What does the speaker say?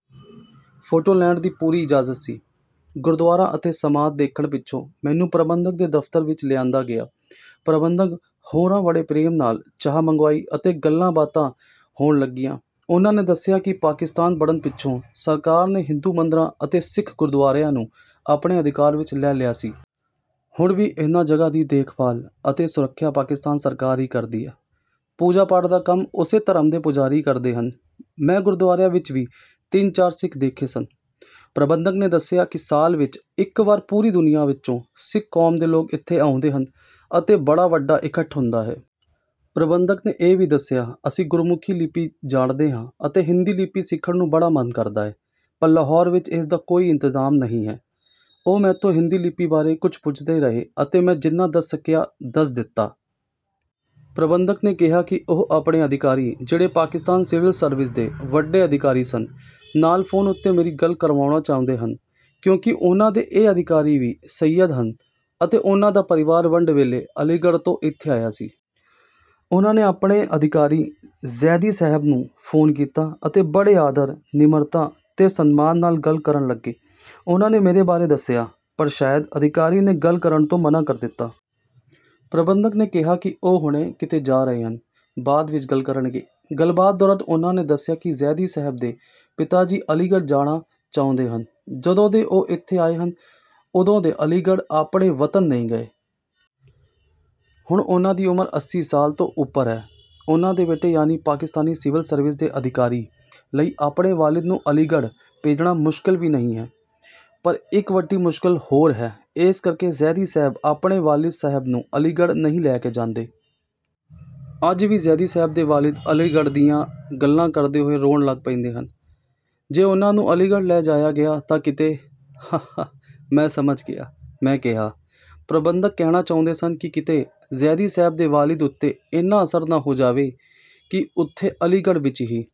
Photo ਲੈਣ ਦੀ ਪੂਰੀ ਇਜਾਜ਼ਤ ਸੀ। ਗੁਰਦੁਆਰਾ ਅਤੇ ਸਮਾਧ ਦੇਖਣ ਪਿੱਛੋਂ ਮੈਨੂੰ ਪ੍ਰਬੰਧਕ ਦੇ ਦਫ਼ਤਰ ਵਿੱਚ ਲਿਆਂਦਾ ਗਿਆ। ਪ੍ਰਬੰਧਕ ਹੋਰਾਂ ਬੜੇ ਪ੍ਰੇਮ ਨਾਲ ਚਾਹ ਮੰਗਵਾਈ ਅਤੇ ਗੱਲਾਂ-ਬਾਤਾਂ ਹੋਣ ਲੱਗੀਆਂ। ਉਹਨਾਂ ਨੇ ਦੱਸਿਆ ਕਿ ਪਾਕਿਸਤਾਨ ਬਣਨ ਪਿੱਛੋਂ ਸਰਕਾਰ ਨੇ ਹਿੰਦੂ ਮੰਦਰਾਂ ਅਤੇ ਸਿੱਖ ਗੁਰਦੁਆਰਿਆਂ ਨੂੰ ਆਪਣੇ ਅਧਿਕਾਰ ਵਿੱਚ ਲੈ ਲਿਆ ਸੀ। ਹੁਣ ਵੀ ਇਹਨਾਂ ਜਗ੍ਹਾਂ ਦੀ ਦੇਖਭਾਲ ਅਤੇ ਸੁਰੱਖਿਆ ਪਾਕਿਸਤਾਨ ਸਰਕਾਰ ਹੀ ਕਰਦੀ ਹੈ। ਪੂਜਾ-ਪਾਠ ਦਾ ਕੰਮ ਉਸੇ ਧਰਮ ਦੇ ਪੁਜਾਰੀ ਕਰਦੇ ਹਨ। ਮੈਂ ਗੁਰਦੁਆਰੇ ਵਿੱਚ ਵੀ ਤਿੰਨ-ਚਾਰ ਸਿੱਖ ਦੇਖੇ ਸਨ। ਪ੍ਰਬੰਧਕ ਨੇ ਦੱਸਿਆ ਕਿ ਸਾਲ ਵਿੱਚ ਇੱਕ ਵਾਰ ਪੂਰੀ ਦੁਨੀਆ ਵਿੱਚੋਂ ਸਿੱਖ ਕੌਮ ਦੇ ਲੋਕ ਇੱਥੇ ਆਉਂਦੇ ਹਨ ਅਤੇ ਬੜਾ ਵੱਡਾ ਇਕੱਠ ਹੁੰਦਾ ਹੈ। ਪ੍ਰਬੰਧਕ ਨੇ ਇਹ ਵੀ ਦੱਸਿਆ, "ਅਸੀਂ ਗੁਰਮੁਖੀ ਲਿੱਪੀ ਜਾਣਦੇ ਹਾਂ ਅਤੇ ਹਿੰਦੀ ਲਿੱਪੀ ਸਿੱਖਣ ਨੂੰ ਬੜਾ ਮਨ ਕਰਦਾ ਹੈ, ਪਰ ਲਾਹੌਰ ਵਿੱਚ ਇਸ ਦਾ ਕੋਈ ਇੰਤਜ਼ਾਮ ਨਹੀਂ ਹੈ।" ਉਹ ਮੈਥੋਂ ਹਿੰਦੀ ਲਿੱਪੀ ਬਾਰੇ ਕੁਝ ਪੁੱਛਦੇ ਰਹੇ ਅਤੇ ਮੈਂ ਜਿੰਨਾ ਦੱਸ ਸਕਿਆ, ਦੱਸ ਦਿੱਤਾ। ਪ੍ਰਬੰਧਕ ਨੇ ਕਿਹਾ ਕਿ ਉਹ ਆਪਣੇ ਅਧਿਕਾਰੀ, ਜਿਹੜੇ ਪਾਕਿਸਤਾਨ ਸਿਵਲ ਸਰਵਿਸ ਦੇ ਵੱਡੇ ਅਧਿਕਾਰੀ ਸਨ, ਨਾਲ ਫ਼ੋਨ ਉੱਤੇ ਮੇਰੀ ਗੱਲ ਕਰਵਾਉਣਾ ਚਾਹੁੰਦੇ ਹਨ ਕਿਉਂਕਿ ਉਹਨਾਂ ਦੇ ਇਹ ਅਧਿਕਾਰੀ ਵੀ ਸੱਯਦ ਹਨ ਅਤੇ ਉਹਨਾਂ ਦਾ ਪਰਿਵਾਰ ਵੰਡ ਵੇਲੇ ਅਲੀਗੜ੍ਹ ਤੋਂ ਇੱਥੇ ਆਇਆ ਸੀ। ਉਹਨਾਂ ਨੇ ਆਪਣੇ ਅਧਿਕਾਰੀ ਜ਼ੈਦੀ ਸਾਹਿਬ ਨੂੰ ਫ਼ੋਨ ਕੀਤਾ ਅਤੇ ਬੜੇ ਆਦਰ, ਨਿਮਰਤਾ ਤੇ ਸਨਮਾਨ ਨਾਲ ਗੱਲ ਕਰਨ ਲੱਗੇ। ਉਹਨਾਂ ਨੇ ਮੇਰੇ ਬਾਰੇ ਦੱਸਿਆ, ਪਰ ਸ਼ਾਇਦ ਅਧਿਕਾਰੀ ਨੇ ਗੱਲ ਕਰਨ ਤੋਂ ਮਨ੍ਹਾ ਕਰ ਦਿੱਤਾ। ਪ੍ਰਬੰਧਕ ਨੇ ਕਿਹਾ ਕਿ ਉਹ ਹੁਣੇ ਕਿਤੇ ਜਾ ਰਹੇ ਹਨ, ਬਾਅਦ ਵਿੱਚ ਗੱਲ ਕਰਨਗੇ। ਗੱਲਬਾਤ ਦੌਰਾਨ ਉਹਨਾਂ ਨੇ ਦੱਸਿਆ ਕਿ ਜ਼ੈਦੀ ਸਾਹਿਬ ਦੇ ਪਿਤਾ ਜੀ ਅਲੀਗੜ੍ਹ ਜਾਣਾ ਚਾਹੁੰਦੇ ਹਨ। ਜਦੋਂ ਦੇ ਉਹ ਇੱਥੇ ਆਏ ਹਨ, ਉਦੋਂ ਦੇ ਅਲੀਗੜ੍ਹ, ਆਪਣੇ ਵਤਨ ਨਹੀਂ ਗਏ। ਹੁਣ ਉਹਨਾਂ ਦੀ ਉਮਰ ਅੱਸੀ ਸਾਲ ਤੋਂ ਉੱਪਰ ਹੈ। ਉਹਨਾਂ ਦੇ ਬੇਟੇ ਯਾਨੀ ਪਾਕਿਸਤਾਨੀ ਸਿਵਲ ਸਰਵਿਸ ਦੇ ਅਧਿਕਾਰੀ ਲਈ ਆਪਣੇ ਵਾਲਿਦ ਨੂੰ ਅਲੀਗੜ੍ਹ ਭੇਜਣਾ ਮੁਸ਼ਕਲ ਵੀ ਨਹੀਂ ਹੈ, ਪਰ ਇੱਕ ਵੱਡੀ ਮੁਸ਼ਕਲ ਹੋਰ ਹੈ, ਇਸ ਕਰਕੇ ਜ਼ੈਦੀ ਸਾਹਿਬ ਆਪਣੇ ਵਾਲਿਦ ਸਾਹਿਬ ਨੂੰ ਅਲੀਗੜ੍ਹ ਨਹੀਂ ਲੈ ਕੇ ਜਾਂਦੇ। "ਅੱਜ ਵੀ ਜ਼ੈਦੀ ਸਾਹਿਬ ਦੇ ਵਾਲਿਦ ਅਲੀਗੜ੍ਹ ਦੀਆਂ ਗੱਲਾਂ ਕਰਦੇ ਹੋਏ ਰੋਣ ਲੱਗ ਪੈਂਦੇ ਹਨ... ਜੇ ਉਹਨਾਂ ਨੂੰ ਅਲੀਗੜ੍ਹ ਲੈ ਜਾਇਆ ਗਿਆ ਤਾਂ ਕਿਤੇ..." "ਹਾਂ-ਹਾਂ, ਮੈਂ ਸਮਝ ਗਿਆ," ਮੈਂ ਕਿਹਾ। ਪ੍ਰਬੰਧਕ ਕਹਿਣਾ ਚਾਹੁੰਦੇ ਸਨ ਕਿ ਕਿਤੇ ਜ਼ੈਦੀ ਸਾਹਿਬ ਦੇ ਵਾਲਿਦ ਉੱਤੇ ਇੰਨਾ ਅਸਰ ਨਾ ਹੋ ਜਾਵੇ ਕਿ ਉੱਥੇ ਅਲੀਗੜ੍ਹ ਵਿੱਚ ਹੀ...।